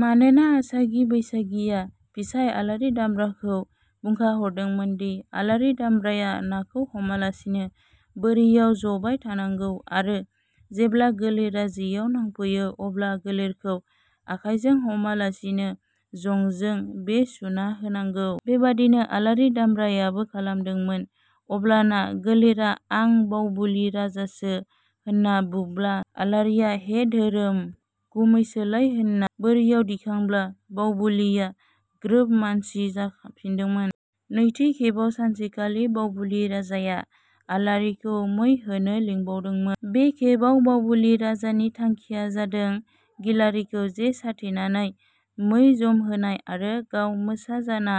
मानोना आसागि बैसागिया। फिसाइ आलारि दामब्राखौ बुंखा हरदोंमोनदि- आलारि दामब्राया नाखौ हमालासिनो बोरियाव ज'बाय थानांगौ आरो जेब्ला गोलेरा जेयाव नांफैयो अब्ला गोलेरखौ आखाइजों हमालासिनो जंजों बे सुना होनांगौ। बेबादिनो आलारि दामब्रायाबो खालामदोंमोन अब्लाना गोलेरा आं बावबुलि राजासो होनना बुब्ला आलारिया हे दोहोरोम गुमैसोलाय होनना बोरियाव दिखांब्ला बावबुलिया ग्रोब मानसि जाफिनदोंमोन। नैथि खेबाव सानसेखालि बावबुलि राजाया आलारिखौ मै होनो लिंबावदोंमोन। बे खेबाव बावबुलि राजानि थांखिया जादों गिलारिखौ जे साथेनानै मै जमहोनाय आरो गाव मोसा जाना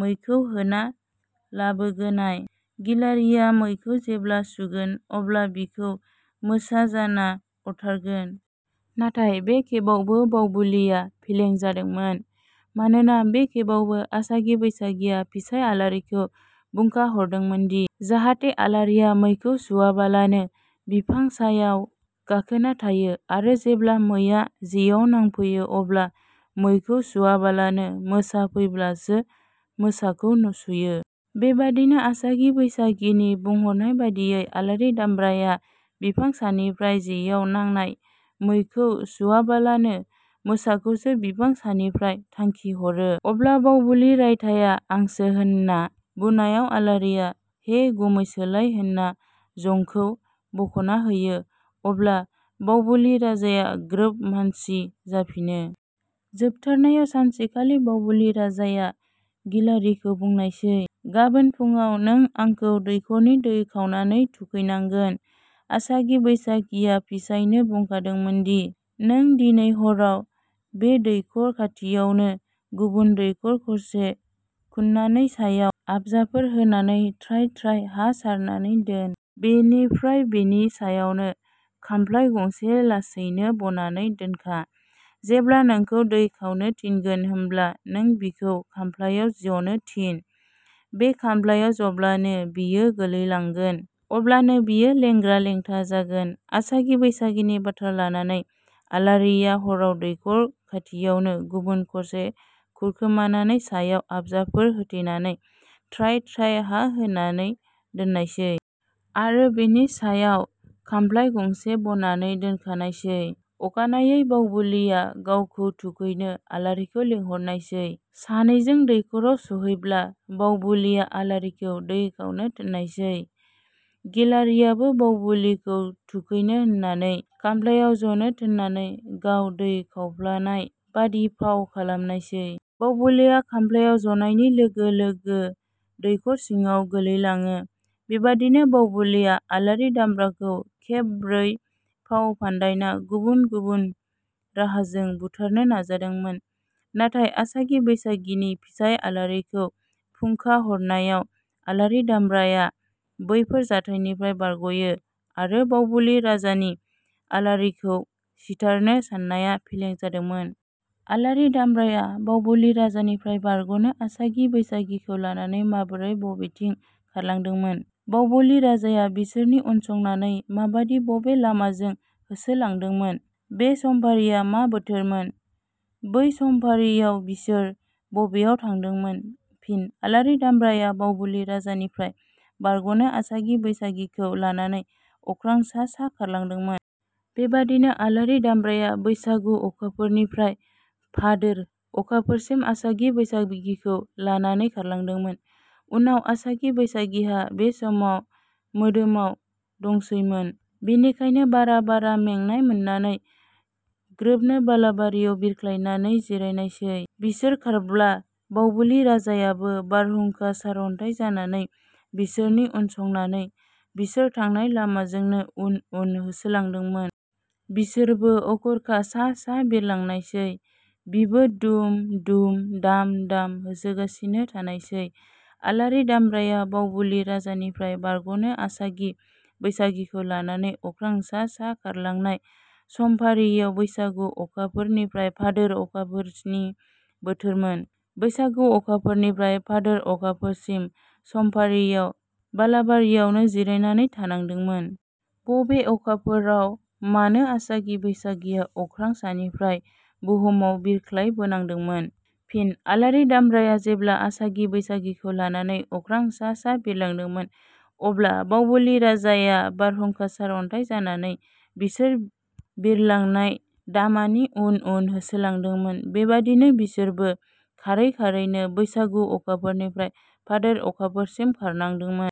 मैखौ होना लाबोगोनाय। गिलारिया मैखौ जेब्ला सुगोन अब्ला बिखौ मोसा जाना अरथारगोन। नाथाय बे खेबावबो बावबुलिया फेलें जादोंमोन। मानोना बे खेबावबो आसागि बैसागिया फिसाइ आलारिखौ बुंखा हरदोंमोनदि- जाहाथे आलारिया मैखौ सुवाबालानो बिफां सायाव गाखोना थायो आरो जेब्ला मैआ जेआव नांफैयो अब्ला मैखौ सुवाबालानो मोसा फैब्लासो मोसाखौ सुयो। बेबादिनो आसागि बैसागिनि बुंहरनाय बादियै आलारि दामब्राया बिफां सानिफ्राय जेआव नांनाय मैखौ सुवाबालानो मोसाखौसो बिफां सानिफ्राइ थांखि हरो। अब्ला बावबुलि राइथाया आंसो होनना बुनायाव आलारिया हे गुमैसोलाय होनना जंखौ बखना होयो अब्ला बावबुलि राजाया ग्रोब मानसि जाफिनो। जोबथारनायाव, सानसेखालि बावबुलि राजाया गिलारिखौ बुंनायसै – "गावोन फुडाव नों आंखौ दैखरनि दै खावनानै थुखैनांगोन"। आसागि बैसागिया फिसाइनो बुंखादोंमोनदि – "नों दिनै हराव बे दैखर खाथियावनो गुबुन दैखर खरसे खु'ननानै सायाव आबजाफोर होनानै थ्राय थ्राय हा सारनानै दोन। बेनिफ्राय बेनि सायावनो खामफ्लाइ गंसे लासैनो बनानै दोनखा। जेब्ला नोंखौ दै खावनो थिनगोन, होमब्ला नों बिखौ बे खामफ्लाइयाव जनो थिन। बे खामफ्लाइयाव जब्लानो बियो गोलैलांगोन। अब्लानो बियो लेंग्रा लेंथा जागोन। आसागि बैसागिनि बाथ्रा लानानै आलारिया हराव दैखर खाथियावनो गुबुन खरसे खुरखोमानानै सायाव आबजाफोर होथेनानै थ्राय थ्राय हा होनानै दोननायसै। आरो बेनि सायाव खामफ्लाइ गंसे बनानै दोननायसै। अखानायै बावबुलिया गावखौ थुखैनो आलारिखौ लिंहरनायसै। सानैजों दैखराव सहैब्ला बावबुलिया आलारिखौ दै खावनो थोननायसै। गिलारियाबो बावबुलिखौ थुखैनो होननानै खामफ्लाइयाव जनो थोननानै गाव दै खावफ्लानाय बादि फाव खालामनायसै। बावबुलिया खामफ्लाइयाव जनायनि लोगो लोगो दैखर सिङाव गोलैलांङो। बेबादिनो बावबुलिया अलारि दामब्राखौ खेब ब्रै फाव फान्दायना गुबुन गुबुन राहाजों बुथारनो नाजादोंमोन। नाथाइ आसागि बैसागिनि फिसाइ आलारिखौ फुंखा हरनायाव आलारि दामब्राया बैफोर जाथाइनिफ्राय बारग'यो आरो बावबुलि राजानि आलारिखौ सिथारनो साननाया फेलें जादोंमोन।. आलारि दामब्राया बावबुलि राजानिफ्राय बारग'नो आसागि बैसागिखौ लानानै माबोरै बबेथिं खारलांदोंमोन? बावबुलि राजाया बिसोरनि उनसंनानै माबादि बबे लामाजों होसो लांदोंमोन? बे समफारिया मा बोथोरमोन? बै समफारियाव बिसोर बबेयाव थानांदोंमोन? फिनः आलारि दामब्राया बावबुलि राजानिफ्राय बारग'नो आसागि बैसागिखौ लानानै अख्रां सा सा खारलांदोंमोन। बेबादिनो आलारि दामब्राया बैसागु अखाफोरनिफ्राय भादोर अखाफोरसिम आसागि बैसागिखौ लानानै खारलांदोंमोन। उनाव आसागि बैसागिहा बे समाव मोदोमाव दंसैमोननो। बेनिखायनो बारा बारा मेंनाय मोननानै ग्रोबनो बालाबारियाव बिरख्लायनानै जिरायनायसै। बिसोर खारब्ला बावबुलि राजायाबो बारहुंखा, सार'न्थाइ जानानै बिसोरनि उनसंनानै बिसोर थांनाय लामाजोंनो उन उन होसोलांदोंमोन। बिसोरबो अखर्खा सा सा बिरलांनायसै। बिबो दुम दुम, दाम दाम होसोगासिनो थानायसै। आलारि दामब्राया बावबुलि राजानिफ्राय बारग'नो आसागि बैसागिखौ लानानै अख्रां सा सा खारलांनाय समफारियाव बैसागु अखाफोर निफ्राय भादोर अखाफोरनि बोथोरमोन। बैसागु अखाफोरनिफ्राय भादोर अखाफोरसिमनि समफारियाव बालाबारियावनो जिरायनानै थानांदोंमोन।. बबे अखाफोराव मानो आसागि बैसागिया अख्रां सानिफ्राय बुहुमाव बिरख्लाय बोनांदोंमोन? फिन: आलारि दामब्राया जेब्ला आसागि बैसागिखौ लानानै अख्रां सा सा बिरलांदोंमोन अब्ला बावबुलि राजाया बारहुंखा, सार'न्थाइ जानानै बिसोर बिइरलांनाय दामानि उन उन होसोलांदोंमोन। बेबादिनो बिसोरबो खारै खारैनो बैसागु अखाफोरनिफ्राय भादोर अखाफोरसिम खारनायदोंमोन।